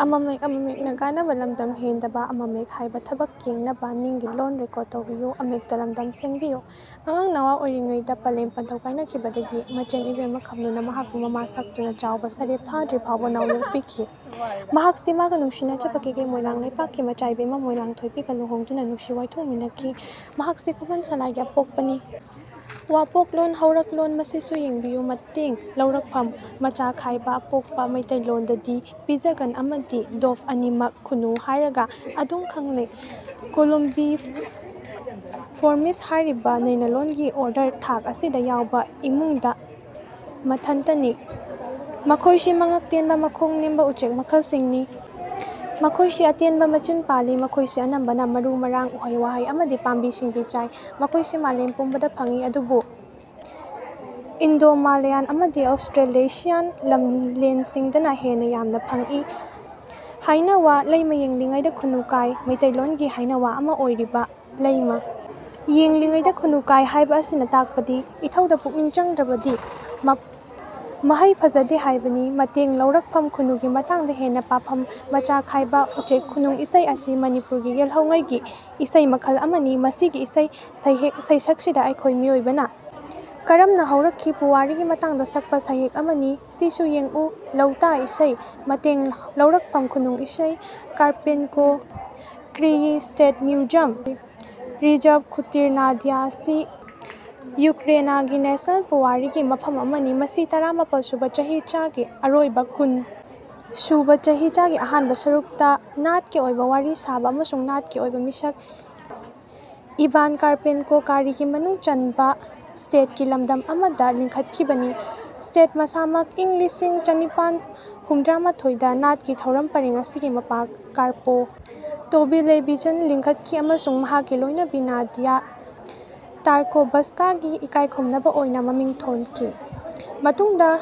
ꯑꯉꯥꯡ ꯅꯋꯥ ꯑꯣꯢꯔꯤꯉꯩꯗ ꯄꯂꯦꯝ ꯄꯟꯊꯧ ꯀꯥꯢꯅꯈꯤꯕꯗꯒꯤ ꯃꯆꯦꯝ ꯏꯕꯦꯝꯃ ꯈꯝꯅꯨꯅ ꯃꯍꯥꯛꯄꯨ ꯃꯃꯥ ꯁꯛꯇꯨꯅ ꯆꯥꯎꯕ ꯁꯔꯦꯞ ꯐꯥꯗ꯭ꯔꯤ ꯐꯥꯎꯕ ꯅꯥꯎꯌꯣꯛꯄꯤꯈꯤ꯫ ꯃꯍꯥꯛꯁꯤ ꯃꯥꯒ ꯅꯨꯡꯁꯤꯅꯖꯕ ꯀꯦꯀꯦ ꯃꯣꯢꯂꯥꯡ ꯂꯩꯄꯥꯛꯀꯤ ꯃꯆꯥꯏꯏꯕꯦꯝꯃ ꯃꯣꯢꯂꯥꯡ ꯊꯣꯢꯄꯤꯒ ꯂꯨꯍꯣꯡꯗꯨꯅ ꯅꯨꯡꯁꯤ ꯋꯥꯢꯊꯨꯡꯃꯤꯟꯅꯈꯤ꯫ ꯃꯍꯥꯛꯁꯤ ꯈꯨꯃꯟ ꯁꯂꯥꯢꯒꯤ ꯑꯄꯣꯛꯄꯅꯤ꯫ ꯋꯥꯄꯣꯛꯂꯣꯟ ꯍꯧꯔꯛꯂꯣꯟ ꯃꯁꯤꯁꯨ ꯌꯦꯡꯕꯤꯌꯨ ꯃꯇꯦꯡ ꯂꯧꯔꯛꯐꯝ ꯃꯆꯥꯈꯥꯏꯕ ꯑꯄꯣꯛꯄ ꯃꯤꯇꯩꯂꯣꯟꯗꯗꯤ ꯄꯤꯒꯖꯟ ꯑꯃꯗꯤ ꯗꯣꯚ ꯑꯅꯤꯃꯛ ꯈꯨꯅꯨ ꯍꯥꯢꯔꯒ ꯑꯗꯨꯝ ꯈꯪꯅꯩ꯫ ꯀꯣꯂꯨꯝꯕꯤꯐꯣꯔꯃꯤꯁ ꯍꯥꯢꯔꯤꯕ ꯅꯩꯅꯂꯣꯟꯒꯤ ꯑꯣꯔꯗꯔ (ꯊꯥꯛ) ꯑꯁꯤꯗ ꯌꯥꯎꯕ ꯏꯃꯨꯡꯗꯥ ꯃꯊꯟꯇꯅꯤ꯫ ꯃꯈꯣꯢꯁꯤ ꯃꯉꯛ ꯇꯦꯟꯕ ꯃꯈꯣꯡ ꯅꯦꯝꯕ ꯎꯆꯦꯛ ꯃꯈꯜꯁꯤꯡꯅꯤ꯫ ꯃꯈꯣꯢꯁꯤ ꯑꯇꯦꯟꯕ ꯃꯆꯤꯟ ꯄꯥꯜꯂꯤ꯫ ꯃꯈꯣꯢꯁꯤ ꯑꯅꯝꯕꯅ ꯃꯔꯨ-ꯃꯔꯥꯡ, ꯎꯍꯩ-ꯋꯥꯍꯩ ꯑꯃꯗꯤ ꯄꯥꯝꯕꯤ-ꯁꯤꯡꯕꯤ ꯆꯥꯏ꯫ ꯃꯈꯣꯢꯁꯤ ꯃꯥꯂꯦꯝ ꯄꯨꯝꯕꯗ ꯐꯪꯏ ꯑꯗꯨꯕꯨ ꯏꯟꯗꯣꯃꯥꯂꯥꯌꯟ ꯑꯃꯗꯤ ꯑꯧꯁꯇ꯭ꯔꯦꯂꯦꯁꯤꯌꯥꯟ ꯂꯝꯂꯦꯟꯁꯤꯡꯗꯅ ꯍꯦꯟꯅ ꯌꯥꯝꯅ ꯐꯪꯏ꯫ ꯍꯥꯏꯅꯋꯥ ꯂꯩꯃ ꯌꯦꯡꯂꯤꯉꯩꯗ ꯈꯨꯅꯨ ꯀꯥꯏ ꯃꯩꯇꯩꯂꯣꯟꯒꯤ ꯍꯥꯏꯅꯋꯥ ꯑꯃ ꯑꯣꯏꯔꯤꯕ ꯂꯩꯃ ꯌꯦꯡꯂꯤꯉꯩꯗ ꯈꯨꯅꯨ ꯀꯥꯏ ꯍꯥꯏꯕꯁꯤꯅ ꯇꯥꯛꯄꯗꯤ ꯏꯊꯧꯗ ꯄꯨꯛꯅꯤꯡ ꯆꯪꯗ꯭ꯔꯕꯗꯤ ꯃꯍꯩ ꯐꯖꯗꯦ ꯍꯥꯏꯕꯅꯤ꯫ ꯃꯇꯦꯡ ꯂꯧꯔꯛꯐꯝ ꯈꯨꯅꯨꯒꯤ ꯃꯇꯥꯡꯗ ꯍꯦꯟꯅ ꯄꯥꯐꯝ ꯃꯆꯥꯈꯥꯏꯕ ꯎꯆꯦꯛ ꯈꯨꯅꯨꯡ ꯏꯁꯩ ꯑꯁꯤ ꯃꯅꯤꯄꯨꯔꯒꯤ ꯌꯦꯜꯍꯧꯉꯩꯒꯤ ꯏꯁꯩ ꯃꯈꯜ ꯑꯃꯅꯤ꯫ ꯃꯁꯤꯒꯤ ꯏꯁꯩ ꯁꯩꯍꯦꯛ ꯁꯩꯁꯛꯁꯤꯗ ꯑꯩꯈꯣꯏ ꯃꯤꯑꯣꯏꯕꯅ ꯀꯔꯝꯅ ꯍꯧꯔꯛꯈꯤ, ꯄꯨꯋꯥꯔꯤꯒꯤ ꯃꯇꯥꯡꯗ ꯁꯛꯄ ꯁꯩꯍꯦꯛ ꯑꯃꯅꯤ꯫ ꯁꯤꯁꯨ ꯌꯦꯡꯉꯨ ꯂꯧꯇꯥ ꯏꯁꯩ ꯃꯇꯦꯡ ꯂꯧꯔꯛꯐꯝ ꯈꯨꯅꯨꯡ ꯏꯁꯩ ꯀꯥꯔꯄꯦꯟꯀꯣ-ꯀꯔꯤꯌꯤ ꯁ꯭ꯇꯦꯠ ꯃ꯭ꯌꯨꯖꯤꯌꯝ-ꯔꯤꯖꯔꯕ ꯈꯨꯇꯤꯔ ꯅꯥꯗꯤꯌꯥ ꯑꯁꯤ ꯌꯨꯛꯔꯦꯅꯒꯤ ꯅꯦꯁꯅꯦꯜ ꯄꯨꯋꯥꯔꯤꯒꯤ ꯃꯐꯝ ꯑꯃꯅꯤ ꯃꯁꯤ ꯇꯔꯥ ꯃꯥꯄꯜ ꯁꯨꯕꯥ ꯆꯍꯤꯆꯥꯒꯤ ꯑꯔꯣꯏꯕ ꯀꯨꯟ ꯁꯨꯕꯥ ꯆꯍꯤꯆꯥꯒꯤ ꯑꯍꯥꯟꯕꯥ ꯁꯔꯨꯛꯇꯥ ꯅꯥꯠꯀꯤ ꯑꯣꯏꯕꯥ ꯋꯥꯔꯤ ꯁꯥꯕꯥ ꯑꯃꯁꯨꯡ ꯅꯥꯠꯀꯤ ꯑꯣꯏꯕꯥ ꯃꯤꯁꯛ ꯏꯚꯥꯟ ꯀꯥꯔꯄꯦꯟꯀꯣ-ꯀꯥꯔꯤꯒꯤ ꯃꯅꯨꯡ ꯆꯟꯕꯥ ꯑꯦꯁꯇꯦꯠꯀꯤ ꯂꯝꯗꯝ ꯑꯃꯗ ꯂꯤꯡꯈꯠꯈꯤꯕꯅꯤ꯫ ꯑꯦꯁꯇꯦꯠ ꯃꯁꯥꯃꯛ ꯏꯪ ꯂꯤꯁꯤꯡ ꯆꯥꯅꯤꯄꯟ ꯍꯨꯝꯗ꯭ꯔꯥꯃꯊꯣꯏ ꯗꯥ ꯅꯥꯠꯀꯤ ꯊꯧꯔꯝ ꯄꯔꯦꯡ ꯑꯁꯤꯒꯤ ꯃꯄꯥ ꯀꯥꯔꯄꯣ ꯇꯣꯕꯤꯂꯦꯚꯤꯆꯟ ꯂꯤꯡꯈꯠꯈꯤ ꯑꯃꯁꯨꯡ ꯃꯍꯥꯛꯀꯤ ꯂꯣꯢꯅꯕꯤ ꯅꯥꯗꯤꯌꯥ ꯇꯥꯔꯀꯣꯚꯁ꯭ꯀꯥꯒꯤ ꯏꯀꯥꯢ ꯈꯨꯝꯅꯕꯥ ꯑꯣꯏꯅꯥ ꯃꯃꯤꯡ ꯊꯣꯟꯈꯤ꯫ ꯃꯇꯨꯡꯗꯥ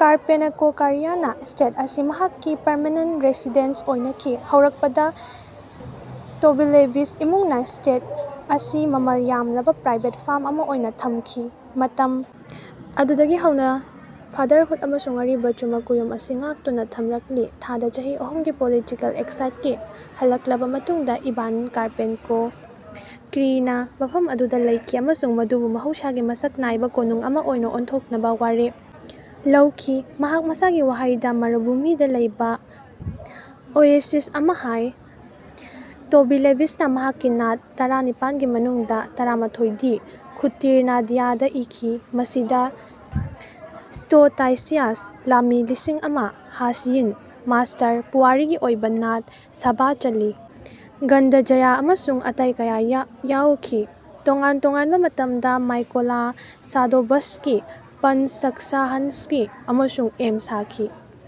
ꯀꯥꯔꯄꯦꯅꯀꯣ-ꯀꯔꯤꯌꯅꯥ ꯑꯦꯁꯇꯦꯠ ꯑꯁꯤ ꯃꯍꯥꯛꯀꯤ ꯄꯔꯃꯦꯅꯦꯟꯇ ꯔꯦꯁꯤꯗꯦꯟꯁ ꯑꯣꯏꯅꯈꯤ꯫ ꯍꯧꯔꯛꯄꯗꯥ ꯇꯣꯕꯤꯂꯦꯚꯤꯆ ꯏꯃꯨꯡꯅꯥ ꯏꯁ꯭ꯇꯦꯠ ꯑꯁꯤ ꯃꯥꯃꯜ ꯌꯥꯝꯂꯕꯥ ꯄ꯭ꯔꯥꯏꯚꯦꯠ ꯐꯥꯔꯝ ꯑꯃꯥ ꯑꯣꯏꯅꯥ ꯊꯃꯈꯤ꯫ ꯃꯇꯝ ꯑꯗꯨꯗꯒꯤ ꯍꯧꯅꯥ ꯐꯥꯗꯔ ꯍꯨꯠ ꯑꯃꯁꯨꯡ ꯑꯔꯤꯕ ꯆꯨꯃꯛ ꯀꯨꯌꯣꯝ ꯑꯁꯤ ꯉꯥꯛꯇꯨꯅꯥ ꯊꯝꯔꯛꯂꯤ꯫ ꯊꯥꯗ ꯆꯍꯤ ꯑꯍꯨꯝꯒꯤ ꯄꯣꯂꯤꯇꯤꯀꯦꯜ ꯑꯦꯛꯁꯥꯏꯖꯗꯒꯤ ꯍꯜꯂꯛꯂꯥꯕ ꯃꯇꯨꯡꯗꯥ ꯏꯚꯥꯟ ꯀꯥꯔꯄꯦꯟꯀꯣ-ꯀꯔꯤꯏꯅꯥ ꯃꯐꯝ ꯑꯗꯨꯗ ꯂꯩꯈꯤ ꯑꯃꯁꯨꯡ ꯃꯗꯨꯕꯨ ꯃꯍꯧꯁꯥꯒꯤ ꯃꯁꯛ ꯅꯥꯏꯕꯥ ꯀꯣꯅꯨꯡ ꯑꯃꯥ ꯑꯣꯏꯅꯥ ꯑꯣꯟꯊꯣꯛꯅꯕꯥ ꯋꯥꯔꯦꯞ ꯂꯧꯈꯤ ꯃꯍꯥꯛ ꯃꯁꯥꯒꯤ ꯋꯥꯍꯩꯗ ꯃꯔꯨꯚꯨꯃꯤꯗꯥ ꯂꯩꯕꯥ ꯑꯣꯌꯦꯁꯤꯁ ꯑꯃꯥ ꯍꯥꯏ꯫ ꯇꯣꯕꯤꯂꯦꯚꯤꯆꯅꯥ ꯃꯍꯥꯛꯀꯤ ꯅꯥꯠ ꯇꯔꯥꯅꯤꯄꯟ ꯒꯤ ꯃꯅꯨꯡꯗꯥ ꯇꯔꯥꯃꯊꯣꯏ ꯗꯤ ꯈꯨꯇꯤꯔ ꯅꯥꯗꯤꯌꯥꯗꯥ ꯏꯈꯤ꯫ ꯃꯁꯤꯗꯥ "ꯁ꯭ꯇꯣ ꯇꯥꯏꯁꯤꯌꯥꯆ" "ꯂꯥꯝꯃꯤ ꯂꯤꯁꯤꯡ ꯑꯃꯥ", "ꯍꯥꯖꯌꯤꯟ" "ꯃꯥꯁ꯭ꯇꯔ", ꯄꯨꯋꯥꯔꯤꯒꯤ ꯑꯣꯏꯕꯥ ꯅꯥꯠ "ꯁꯚꯥ ꯆꯂꯤ", "ꯒꯥꯟꯗꯖ꯭ꯌꯥ" ꯑꯃꯁꯨꯡ ꯑꯇꯩ ꯀꯌꯥ ꯌꯥꯏꯈꯤ꯫ ꯇꯣꯉꯥꯟ ꯇꯣꯉꯥꯟꯕꯥ ꯃꯇꯝꯗꯥ ꯃꯥꯏꯀꯣꯂꯥ ꯁꯥꯗꯣꯚꯁ꯭ꯀꯤ, ꯄꯥꯟꯁ ꯁꯛꯁꯥꯍꯥꯟꯁ꯭ꯀꯤ ꯑꯃꯁꯨꯡ ꯑꯦꯝ ꯁꯥꯈꯤ꯫